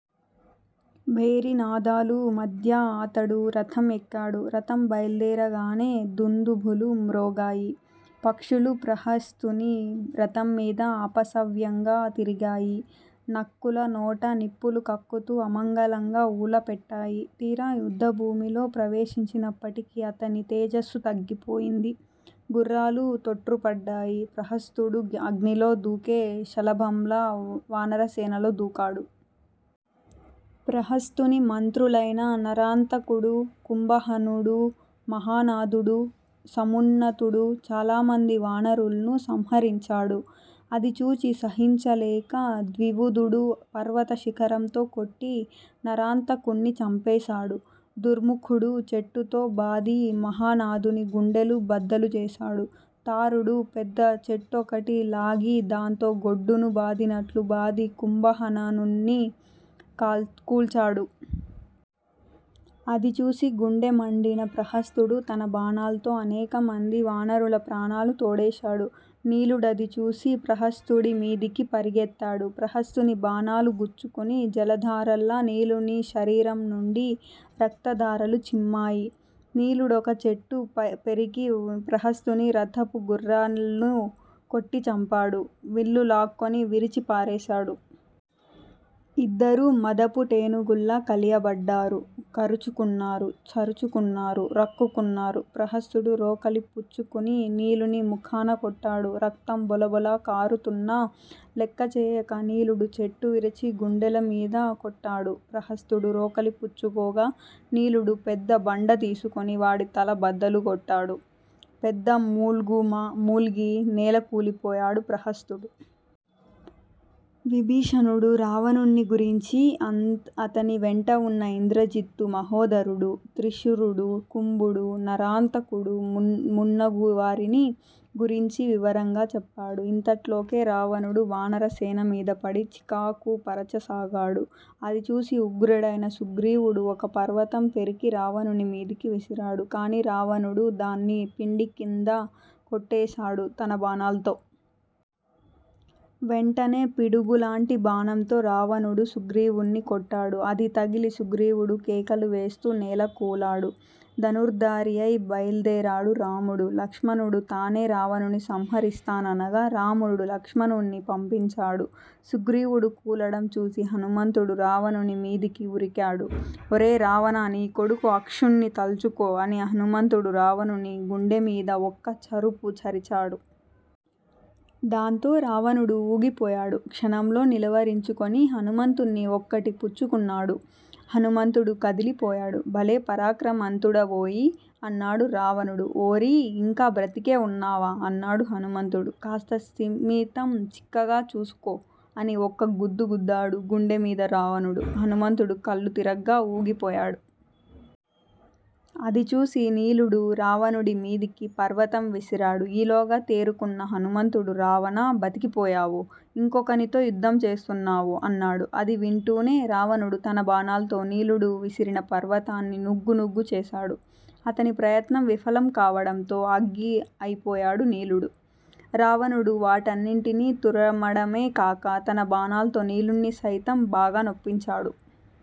భేరినాదాలు మధ్య అతడు రథం ఎక్కాడు. రథం బైల్దేరగానే దుందుభులు మ్రోగాయి. పక్షులు ప్రహస్తుని రథంమీద అపసవ్యంగా తిరిగాయి. నక్కుల నోట నిప్పులు కక్కుతూ అమంగళంగా ఊళపెట్టాయి. తీరా యుద్దభూమిలో ప్రవేశించినప్పటికి అతని తేజస్సు తగ్గిపోయింది. గుర్రాలు తొట్రుపడ్డాయి. ప్రహస్తుడు అగ్నిలో దూకే శలభంలా వానరసేనలో దూకాడు. ప్రహస్తుని మంత్రులైన నరాంతకుడూ, కుంభహనుడూ, మహానాదుడూ, సమున్నతుడూ చాలమంది వానరుల్ను సంహరించాడు. అది చూచి సహించలేక ద్వివిదుడు పర్వత శిఖరంతో కొట్టి నరాంతకుణ్ణి చంపేశాడు. దుర్ముఖుడు చెట్టుతో బాది మహానాదుని గుండెలు బద్దలుచేశాడు. తారుడు పెద్ద చెట్టొకటి లాగి దాంతో గొడ్డును బాదినట్లు బాది కుంభహనన్నీ కూల్చాడు. అది చూసి గుండెమండిన ప్రహస్తుడు తన బాణాల్తో అనేకమంది వానరుల ప్రాణాలు తోడేశాడు. నీలుడది చూసి ప్రహస్తుడిమీదికి పరిగెత్తాడు. ప్రహస్తుని బాణాలు గుచ్చుకుని జలధారల్లా నీలుని శరీరం నుండి రక్తధారలు చిమ్మాయి. నీలుడొక చెట్టు పెరికి ప్రహస్తుని రథపు గుర్రాల్ను కొట్టిచంపాడు. విల్లులాక్కొని విరిచి పారేశాడు. ఇద్దరూ మదపుటేనుగుల్లా కలియబడ్డారు. కరుచుకున్నారు. చరుచుకున్నారు. రక్కుకున్నారు. ప్రహస్తుడు రోకలి పుచ్చుకుని నీలుని ముఖానకొట్టాడు. రక్తం బొళబొళ కారుతున్నా లెక్కచేయక నీలుడు చెట్టు విరిచి గుండెలమీద కొట్టాడు. ప్రహస్తుడు రోకలిపుచ్చుకోగా నీలుడు పెద్ద బండ తీసుకుని వాడి తల బద్దలు కొట్టాడు. పెద్ద మూల్గు మూల్గి నేలకూలిపోయాడు ప్రహస్తుడు. విభీషణుడు రావణుణ్ని గురించీ అతని వెంటవున్న ఇంద్రజిత్తు మహోధరుడు, త్రిశిరుడు, కుంభుడు, నరాంతకుడు మున్నగువారిని గురించి వివరంగా చెప్పాడు. ఇంతట్లోకే రావణుడు వానర సేనమీదపడి చీకాకు పరచసాగాడు. అదిచూసి ఉగ్రుడైన సుగ్రీవుడు ఒక పర్వతం పెరికి రావణుని మీదికి విసిరాడు. కాని రావణుడు దాన్ని పిండికింద కొట్టేశాడు తన బాణాల్తో. వెంటనే పిడుగులాంటి బాణంతో రావణుడు సుగ్రీవుణ్ని కొట్టాడు. అది తగిలి సుగ్రీవుడు కేకలువేస్తూ నేలకూలాడు. ధనుర్దారియై బైల్దేరాడు రాముడు. లక్ష్మణుడు తానే రావణుని సంహరిస్తాననగా రాముడు లక్ష్మణుణ్ణి పంపించాడు. సుగ్రీవుడు కూలడం చూసి హనుమంతుడు రావణుని మీదికి వురికాడు. ఒరే రావణా నీ కొడుకు అక్షుణ్ని తల్చుకో అని హనుమంతుడు రావణుని గుండెమీద ఒక్క చరుపు చరిచాడు. దాంతో రావణుడు ఊగిపోయాడు. క్షణంలో నిలవరించుకొని హనుమంతుణ్ణి ఒక్కటి పుచ్చుకున్నాడు. హనుమంతుడు కదిలిపోయాడు. భలే పరాక్రమంతుడవోయి అన్నాడు రావణుడు. ఓరీ! ఇంకా బ్రతికే వున్నావా? అన్నాడు హనుమంతుడు. కాస్త స్థిమితం చిక్కగా చూసుకో అని ఒక్క గుద్దు గుద్దాడు గుండెమీద రావణుడు. హనుమంతుడు కళ్ళు తిరగ్గా ఊగిపోయాడు. అదిచూసి నీలుడు రావణుడి మీదికి పర్వతం విసిరాడు. ఈలోగా తేరుకున్న హనుమంతుడు రావణా! బతికిపోయావు. ఇంకొకనితో యుద్దం చేస్తున్నావు. అన్నాడు. అది వింటూనే రావణుడు తన బాణాల్తో నీలుడు విసిరిన పర్వతాన్ని నుగ్గునుగ్గు చేశాడు. అతని ప్రయత్నం విఫలం కావడంతో అగ్గి అయిపోయాడు నీలుడు. రావణుడు వాటన్నింటినీ తురమడమే కాక తన బాణాల్తో నీలుణ్ని సైతం బాగా నొప్పించాడు.